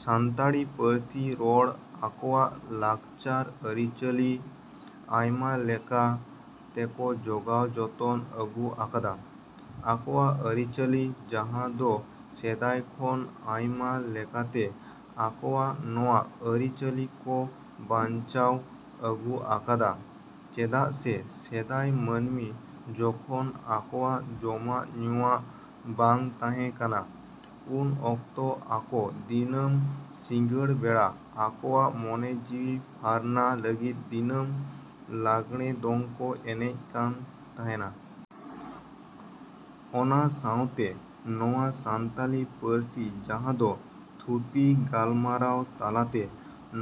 ᱥᱟᱱᱛᱟᱲᱤ ᱯᱟᱹᱨᱥᱤ ᱨᱚᱲ ᱟᱠᱚᱣᱟᱜ ᱞᱟᱠᱪᱟᱨ ᱟᱹᱨᱤᱪᱟᱹᱞᱤ ᱟᱭᱢᱟ ᱞᱮᱠᱟ ᱛᱮᱠᱚ ᱡᱳᱜᱟᱣ ᱡᱚᱛᱚᱱ ᱟᱹᱜᱩ ᱟᱠᱟᱫᱟ᱾ ᱟᱠᱚᱣᱟᱜ ᱟᱹᱨᱤ-ᱪᱟᱹᱞᱤ ᱡᱟᱦᱟᱸ ᱫᱚ ᱥᱮᱫᱟᱭ ᱠᱷᱚᱱ ᱟᱭᱢᱟ ᱞᱮᱠᱟᱛᱮ ᱟᱠᱚᱣᱟᱜ ᱱᱚᱣᱟ ᱟᱹᱨᱤ-ᱪᱟᱹᱞᱤ ᱠᱚ ᱵᱟᱧᱪᱟᱣ ᱟᱹᱜᱩ ᱟᱠᱟᱫᱟ᱾ ᱪᱮᱫᱟᱜ ᱥᱮ ᱥᱮᱫᱟᱭ ᱢᱟᱹᱱᱢᱤ ᱡᱚᱠᱷᱚᱱ ᱟᱠᱚᱣᱟᱜ ᱡᱚᱢᱟᱜ ᱧᱩᱣᱟᱜ ᱵᱟᱝ ᱛᱟᱦᱮᱸ ᱠᱟᱱᱟ, ᱩᱱ ᱚᱠᱛᱚ ᱟᱠᱚ ᱫᱤᱱᱟᱹᱢ ᱥᱤᱸᱜᱟᱹᱲ ᱵᱮᱲᱟ ᱟᱠᱚᱣᱟᱜ ᱢᱚᱱᱮ ᱡᱤᱣᱤ ᱯᱷᱟᱨᱱᱟ ᱞᱟᱹᱜᱤᱫ ᱫᱤᱱᱟᱹᱢ ᱞᱟᱜᱽᱲᱮ ᱫᱚᱝ ᱠᱚ ᱮᱱᱮᱡ ᱠᱟᱱ ᱛᱟᱦᱮᱱᱟ᱾ ᱚᱱᱟ ᱥᱟᱶᱛᱮ ᱱᱚᱣᱟ ᱥᱟᱱᱛᱟᱞᱤ ᱯᱟᱹᱨᱥᱤ ᱡᱟᱦᱟᱸ ᱫᱚ ᱛᱷᱩᱛᱤ ᱜᱟᱞᱢᱟᱨᱟᱣ ᱛᱟᱞᱟᱛᱮ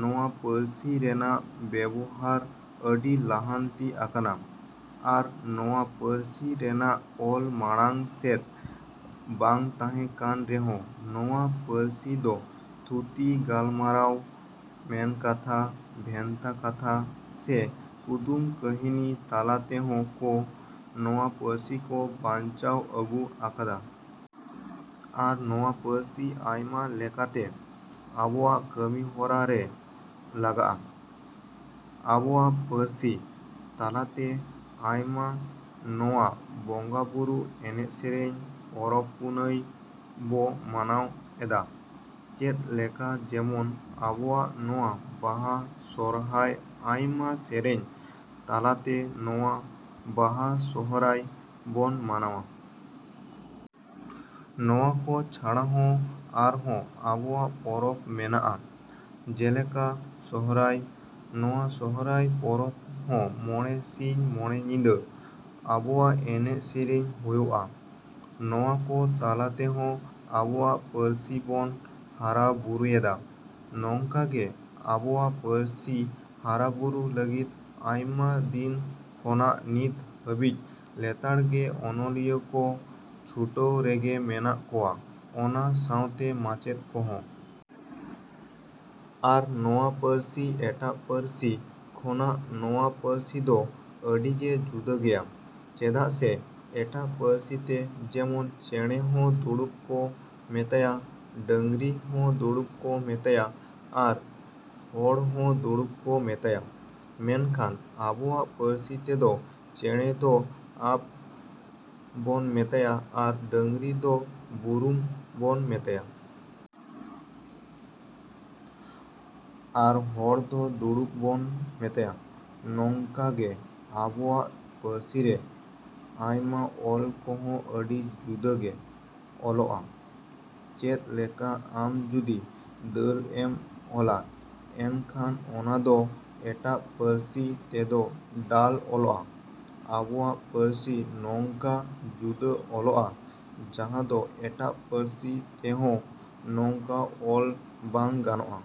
ᱱᱚᱣᱟ ᱯᱟᱹᱨᱥᱤ ᱨᱮᱱᱟᱜ ᱵᱮᱵᱚᱦᱟᱨ ᱟᱹᱰᱤ ᱞᱟᱦᱟᱱᱛᱤ ᱟᱠᱟᱱᱟ᱾ ᱟᱨ ᱱᱚᱣᱟ ᱯᱟᱹᱨᱥᱤ ᱨᱮᱱᱟᱜ ᱚᱞ ᱢᱟᱲᱟᱝ ᱥᱮᱫ ᱵᱟᱝ ᱛᱟᱦᱮᱸ ᱠᱟᱱ ᱨᱮᱦᱚᱸ ᱱᱚᱣᱟ ᱯᱟᱹᱨᱥᱤ ᱫᱚ ᱛᱷᱩᱛᱤ ᱜᱟᱞᱢᱟᱨᱟᱣ, ᱢᱮᱱᱠᱟᱛᱷᱟ, ᱵᱷᱮᱱᱛᱟ ᱠᱟᱛᱷᱟ ᱥᱮ ᱠᱩᱫᱩᱢ ᱠᱟᱹᱦᱱᱤ ᱛᱟᱞᱟ ᱛᱮᱦᱚᱸ ᱠᱚ ᱱᱚᱣᱟ ᱯᱟᱹᱨᱥᱤ ᱠᱚ ᱵᱟᱧᱪᱟᱣ ᱟᱹᱜᱩ ᱟᱠᱟᱫᱟ᱾ ᱟᱨ ᱱᱚᱣᱟ ᱯᱟᱹᱨᱥᱤ ᱟᱭᱢᱟ ᱞᱮᱠᱟᱛᱮ ᱟᱵᱚᱣᱟᱜ ᱠᱟᱹᱢᱤ ᱦᱚᱨᱟ ᱨᱮ ᱞᱟᱜᱟᱜᱼᱟ᱾ ᱟᱵᱚᱣᱟᱜ ᱯᱟᱹᱨᱥᱤ ᱛᱟᱞᱟᱛᱮ ᱟᱭᱢᱟ ᱱᱚᱣᱟ ᱵᱚᱸᱜᱟ-ᱵᱩᱨᱩ, ᱮᱱᱮᱡ ᱥᱮᱨᱮᱧ, ᱯᱚᱨᱚᱵᱽ-ᱯᱩᱱᱟᱹᱭ ᱵᱚ ᱢᱟᱱᱟᱣ ᱮᱫᱟ᱾ ᱪᱮᱫ ᱞᱮᱠᱟ ᱡᱮᱢᱚᱱ ᱟᱵᱚᱣᱟᱜ ᱱᱚᱣᱟ ᱵᱟᱦᱟ, ᱥᱚᱦᱨᱟᱭ ᱟᱭᱢᱟ ᱥᱮᱨᱮᱧ ᱛᱟᱞᱟᱛᱮ ᱱᱚᱣᱟ ᱵᱟᱦᱟ ᱥᱚᱦᱨᱟᱭ ᱵᱚᱱ ᱢᱟᱱᱟᱣᱟ᱾ ᱱᱚᱣᱟᱠᱚ ᱪᱷᱟᱲᱟ ᱦᱚᱸ ᱟᱨᱦᱚᱸ ᱟᱵᱚᱣᱟᱜ ᱯᱚᱨᱚᱵᱽ ᱢᱮᱱᱟᱜᱼᱟ ᱡᱮᱞᱮᱠᱟ ᱥᱚᱦᱨᱟᱭ᱾ ᱱᱚᱣᱟ ᱥᱚᱦᱨᱟᱭ ᱯᱚᱨᱚᱵᱽ ᱦᱚᱸ ᱢᱚᱬᱮ ᱥᱤᱧ ᱢᱚᱬᱮ ᱧᱤᱫᱟᱹ ᱟᱵᱚᱣᱟᱜ ᱮᱱᱮᱡ ᱥᱮᱨᱮᱧ ᱦᱩᱭᱩᱜᱼᱟ᱾ ᱱᱚᱣᱟᱠᱚ ᱛᱟᱞᱟ ᱛᱮᱦᱚᱸ ᱟᱵᱚᱣᱟᱜ ᱯᱟᱹᱨᱥᱤᱵᱚᱱ ᱦᱟᱨᱟ-ᱵᱩᱨᱩᱭᱮᱫᱟ᱾ ᱱᱚᱝᱠᱟᱜᱮ ᱟᱵᱚᱣᱟᱜ ᱯᱟᱹᱨᱥᱤ ᱦᱟᱨᱟ-ᱵᱩᱨᱩ ᱞᱟᱹᱜᱤᱫ ᱟᱭᱢᱟ ᱫᱤᱱ ᱠᱷᱚᱱᱟᱜ ᱱᱤᱛ ᱦᱟᱹᱵᱤᱡ ᱞᱮᱛᱟᱲᱜᱮ ᱚᱱᱚᱞᱤᱭᱟᱹ ᱠᱚ ᱪᱷᱩᱴᱟᱹᱣ ᱨᱮᱜᱮ ᱢᱮᱱᱟᱜ ᱠᱚᱣᱟ ᱚᱱᱟ ᱥᱟᱶᱛᱮ ᱢᱟᱪᱮᱫ ᱠᱚᱦᱚᱸ᱾ ᱟᱨ ᱱᱚᱣᱟ ᱯᱟᱹᱨᱥᱤ ᱮᱴᱟᱜ ᱯᱟᱹᱨᱥᱤ ᱠᱷᱚᱱᱟᱜ ᱱᱚᱣᱟ ᱯᱟᱹᱨᱥᱤ ᱫᱚ ᱟᱹᱰᱤᱜᱮ ᱡᱩᱫᱟᱹ ᱜᱮᱭᱟ᱾ ᱪᱮᱫᱟᱜ ᱥᱮ ᱮᱴᱟᱜ ᱯᱟᱹᱨᱥᱤᱛᱮ ᱡᱮᱢᱚᱱ ᱪᱮᱸᱬᱮ ᱦᱚᱸ ᱫᱩᱲᱩᱵ ᱠᱚ ᱢᱮᱛᱟᱭᱟ, ᱰᱟᱝᱨᱤ ᱦᱚᱸ ᱫᱩᱲᱩᱵ ᱠᱚ ᱢᱮᱛᱟᱭᱟ ᱟᱨ ᱦᱚᱲᱦᱚᱸ ᱫᱩᱲᱩᱵ ᱠᱚ ᱢᱮᱛᱟᱭᱟ᱾ ᱢᱮᱱᱠᱷᱟᱱ ᱟᱵᱚᱣᱟᱜ ᱯᱟᱹᱨᱥᱤ ᱛᱮᱫᱚ ᱪᱮᱸᱬᱮ ᱫᱚ ᱟᱯ ᱵᱚᱱ ᱢᱮᱛᱟᱭᱟ ᱟᱨ ᱰᱟᱝᱨᱤ ᱫᱚ ᱵᱩᱨᱩᱢ ᱵᱚᱱ ᱢᱮᱛᱟᱭᱟ᱾ ᱟᱨ ᱦᱚᱲ ᱫᱚ ᱫᱩᱲᱩᱵ ᱵᱚᱱ ᱢᱮᱛᱟᱭᱟ᱾ ᱱᱚᱝᱠᱟᱜᱮ ᱟᱵᱚᱣᱟᱜ ᱯᱟᱹᱨᱥᱤ ᱨᱮ ᱟᱭᱢᱟ ᱚᱞ ᱠᱚᱦᱚᱸ ᱟᱹᱰᱤ ᱡᱩᱫᱟᱹᱜᱮ ᱚᱞᱚᱜᱼᱟ᱾ ᱪᱮᱫ ᱞᱮᱠᱟ ᱟᱢ ᱡᱩᱫᱤ ᱫᱟᱹᱞ ᱮᱢ ᱚᱞᱟ ᱮᱱᱠᱷᱟᱱ ᱚᱱᱟ ᱫᱚ ᱮᱴᱟᱜ ᱯᱟᱹᱨᱥᱤ ᱛᱮᱫᱚ ᱰᱟᱞ ᱚᱞᱚᱜᱼᱟ᱾ ᱟᱵᱚᱣᱟᱜ ᱯᱟᱹᱨᱥᱤ ᱱᱚᱝᱠᱟ ᱡᱩᱫᱟᱹ ᱚᱞᱚᱜᱼᱟ ᱡᱟᱦᱟᱸ ᱫᱚ ᱮᱴᱟᱜ ᱯᱟᱹᱨᱥᱤ ᱛᱮᱦᱚᱸ ᱱᱚᱝᱠᱟ ᱚᱞ ᱵᱟᱝ ᱜᱟᱱᱚᱜᱼᱟ᱾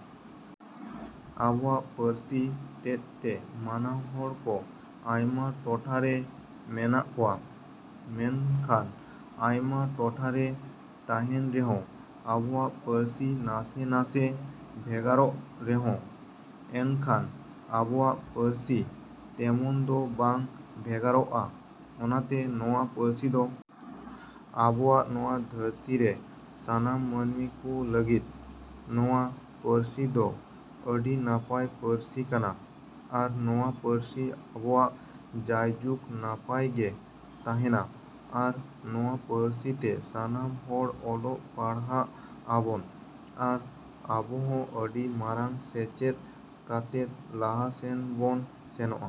ᱟᱵᱚᱣᱟᱜ ᱯᱟᱹᱨᱥᱤ ᱛᱮᱫ ᱛᱮ ᱢᱟᱱᱟᱣᱦᱚᱲ ᱠᱚ ᱟᱭᱢᱟ ᱴᱚᱴᱷᱟ ᱨᱮ ᱢᱮᱱᱟᱜ ᱠᱚᱣᱟ᱾ ᱢᱮᱱᱠᱷᱟᱱ ᱟᱭᱢᱟ ᱴᱚᱴᱷᱟᱨᱮ ᱛᱟᱦᱮᱱ ᱨᱮᱦᱚᱸ ᱟᱵᱚᱣᱟᱜ ᱯᱟᱹᱨᱥᱤ ᱱᱟᱥᱮ ᱱᱟᱥᱮ ᱵᱷᱮᱜᱟᱨᱚᱜ ᱨᱮᱦᱚᱸ ᱮᱱᱠᱷᱟᱱ ᱟᱵᱚᱣᱟᱜ ᱯᱟᱹᱨᱥᱤ ᱛᱮᱢᱚᱱ ᱫᱚ ᱵᱟᱝ ᱵᱷᱮᱜᱟᱨᱚᱜᱼᱟ᱾ ᱚᱱᱟᱛᱮ ᱱᱚᱣᱟ ᱯᱟᱹᱨᱥᱤ ᱫᱚ ᱟᱵᱚᱣᱟᱜ ᱱᱚᱣᱟ ᱫᱷᱟᱹᱨᱛᱤ ᱨᱮ ᱥᱟᱱᱟᱢ ᱢᱟᱹᱱᱢᱤ ᱠᱚ ᱞᱟᱹᱜᱤᱫ ᱱᱚᱣᱟ ᱯᱟᱹᱨᱥᱤ ᱫᱚ ᱟᱹᱰᱤ ᱱᱟᱯᱟᱭ ᱯᱟᱹᱨᱥᱤ ᱠᱟᱱᱟ ᱟᱨ ᱱᱚᱣᱟ ᱯᱟᱹᱨᱥᱤ ᱟᱵᱚᱣᱟᱜ ᱡᱟᱭᱡᱩᱜᱽ ᱱᱟᱯᱟᱭᱜᱮ ᱛᱟᱦᱮᱱᱟ ᱟᱨ ᱱᱚᱣᱟ ᱯᱟᱹᱨᱥᱤ ᱛᱮ ᱥᱟᱱᱟᱢ ᱦᱚᱲ ᱚᱞᱚᱜ ᱯᱟᱲᱦᱟᱜ ᱟᱵᱚᱱ ᱟᱨ ᱟᱵᱚᱦᱚᱸ ᱟᱹᱰᱤ ᱢᱟᱨᱟᱝ ᱥᱮᱪᱮᱫ ᱠᱟᱛᱮᱫ ᱞᱟᱦᱟ ᱥᱮᱱ ᱵᱚᱱ ᱥᱮᱱᱚᱜᱼᱟ᱾